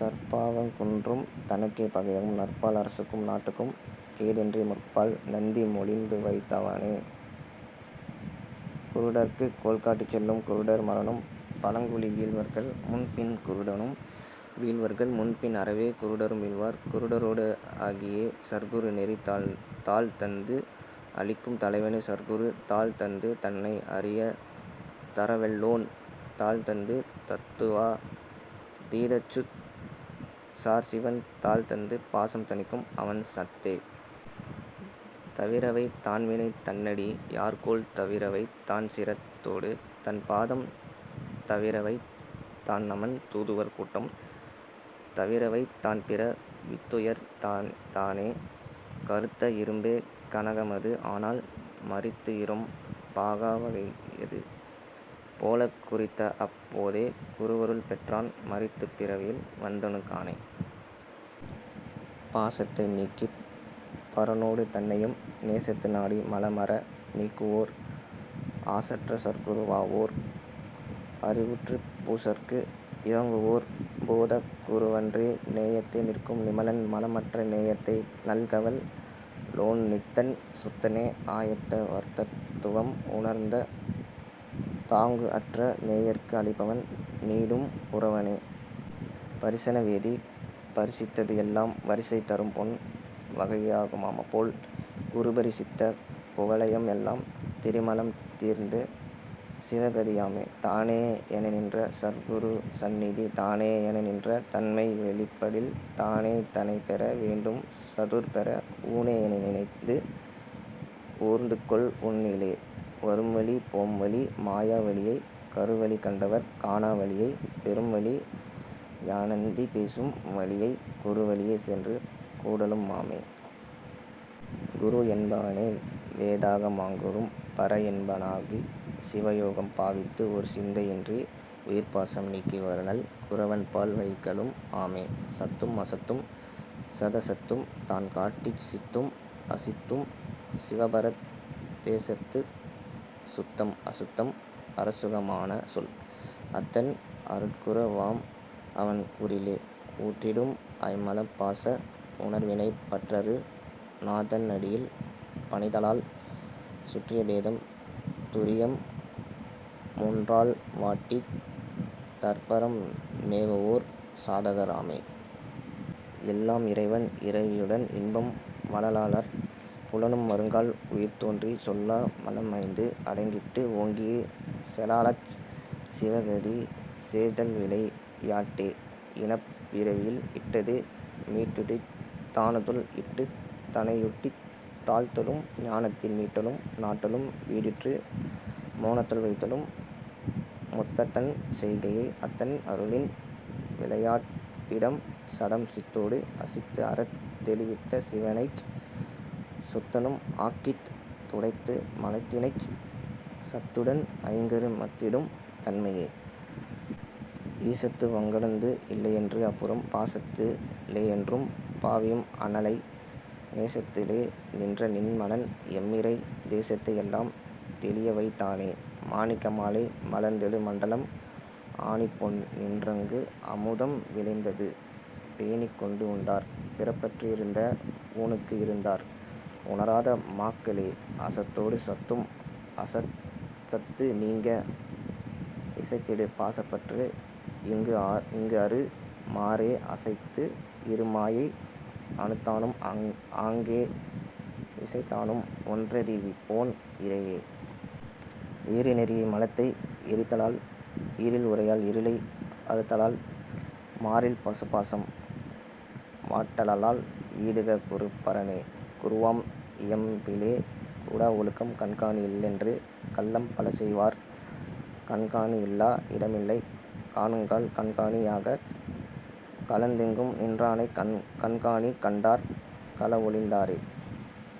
தற்பாவங் குன்றும் தனக்கே பகையாகும் நற்பால் அரசுக்கும் நாட்டுக்கும் கேடென்றே முற்பால நந்தி மொழிந்துவைத்தவனே குருடர்க்குக் கோல்காட்டிச் செல்லும் குருடர் முரணும் பழங்குழி வீழ்வர்கள் முன்பின் குருடனும் வீழ்வர்கள் முன்பின் அறவே குருடரும் வீழ்வார் குருடரோடு ஆகியே.. சற்குரு நெறி தாள்தந்து அளிக்கும் தலைவனே சற்குரு தாள்தந்து தன்னை அறியத் தரவல்லோன் தாள்தந்து தத்துவா தீதத்துச் சார்சீவன் தாள்தந்து பாசம் தணிக்கும் அவன்சத்தே. தவிரவைத் தான்வினை தன்னடி யார்கோள் தவிரவைத் தான்சிரத் தோடுதன் பாதம் தவிரவைத் தான்நமன் தூதுவர் கூட்டம் தவிரவைத் தான் பிற வித்துயர் தானே. கறுத்த இரும்பே கனகமது ஆனால் மறித்துஇரும் பாகா வகையது போலக் குறித்தஅப் போதே குருவருள் பெற்றான் மறித்துப் பிறவியல் வந்தணு கானே. பாசத்தை நீக்கிப் பரனோடு தன்னையும் நேசத்து நாடி மலமற நீக்குவோர் ஆசற்ற சற்குரு வாவோர் அறிவற்றுப் பூசற்கு இரங்குவோர் போதக் குருவன்றே. நேயத்தே நிற்கும் நிமலன் மலமற்ற நேயத்தை நல்கவல் லோன்நித்தன் சுத்தனே ஆயத்த வர்தத் துவம் உணர்ந்த தாங்குஅற்ற நேயர்க்கு அளிப்பவன் நீடும் குரவனே. பரிசன வேதி பரிசித்தது எல்லாம் வரிசை தரும்பொன் வகையாகு மாபோல் குருபரி சித்த குவலயம் எல்லாம் திரிமலம் தீர்ந்து சிவகதி யாமே. தானே எனநின்ற சற்குரு சந்நிதி தானே எனநின்ற தன்மை வெளிப்படில் தானே தனைப்பெற வேண்டும் சதுர்பெற ஊனே எனநினைந்து ஓர்ந்துகொள் உன்னிலே. வரும்வழி போம்வழி மாயா வழியைக் கருவழி கண்டவர் காணா வழியைக் பெரும்வழி யாநந்தி பேசும் வழியைக் குருவழியே சென்று கூடலும் ஆமே. குருஎன் பவனே வேதாக மங்கூறும் பரஇன்ப னாகிச் சிவயோகம் பாவித்து ஒருசிந்தை யின்றி உயிர்பாசம் நீக்கி வருநல் குரவன்பால் வைக்கலும் ஆமே. சத்தும் அசத்தும் சதசத்தும் தான்காட்டிச் சித்தும் அசித்தும் சிவபரத் தேசேர்த்துச் சுத்தம் அசுத்தம் அறச்சுக மானசொல் அத்தன் அருட்குரு வாம்அவன் கூறிலே. ஊற்றிடும் ஐம்மலம் பாச உணர்வினை பற்றறு நாதன் அடியில் பணிதலால் சுற்றிய பேதம் துரியம் மூன் றால்வாட்டித் தற்பரம் மேவுவோர் சாதகர் ஆமே. எல்லாம் இறைவன் இறைவி யுடன்இன்பம் வலலார் புலனும் வருங்கால் உயிர்தோன்றிச் சொல்லா மலம்ஐந்து அடங்கிட்டு ஓங்கியே செலலாச் சிவகதி சேர்தல்விளை யாட்டே. ஈனப் பிறவியில் இட்டது மீட்டுட்டித் தானத்துள் இட்டுத் தனையூட்டித் தாழ்த்தலும் ஞானத்தின் மீட்டலும் நாட்டலும் வீடுற்று மோனத்துள் வைத்தலும் முத்தன்தன் செய்கையே. அத்தன் அருளின் விளையாட் டிடம்சடம் சித்தொடு அசித்துஅறத் தெளிவித்த சீவனைச் சுத்தனும் ஆக்கித் துடைத்து மலத்தினைச் சத்துடன் ஐங்கரு மத்திடும் தன்மையே. ஈசத்து வங்கடந்து இல்லையென்று அப்புறம் பாசத்து ளேயென்றும் பாவியும் அண்ணலை நேசத்து ளேநின்ற நின்மலன் எம்மிறை தேசத்தை எல்லாம் தெளியவைத் தானே. மாணிக்க மாலை மலர்ந்தெழு மண்டலம் ஆணிப்பொன் நின்றங்கு அமுதம் விளைந்தது பேணிக்கொண்டு உண்டார் பிறப்பற்று இருந்த ஊனுக்கு இருந்தார் உணராத மாக்களே. அசத்தொடு சத்தும் அசத்சத்து நீங்க இசைத்திடு பாசப்பற்று ஈங்குஅறு மாறே அசைத்துஇரு மாயை அனுத்தானும் ஆங்கே இசைத்தானும் ஒன்றறி விப்போன் இறையே. ஏறு நெறியே மலத்தை எரித்தலால் ஈறில் உரையால் இருளை அறுத்தலால் மாறில் பசுபாசம் வாட்டலால் வீடுக கூறு பரனே குருவாம் இயம்பிலே.. கூடா ஒழுக்கம் கண்காணி இல்லென்று கள்ளம் பலசெய்வார் கண்காணி இல்லா இடமில்லை காணுங்கால் கண்காணி யாகக் கலந்தெங்கும் நின்றானைக் கண்காணி கண்டார் களஒழிந் தாரே.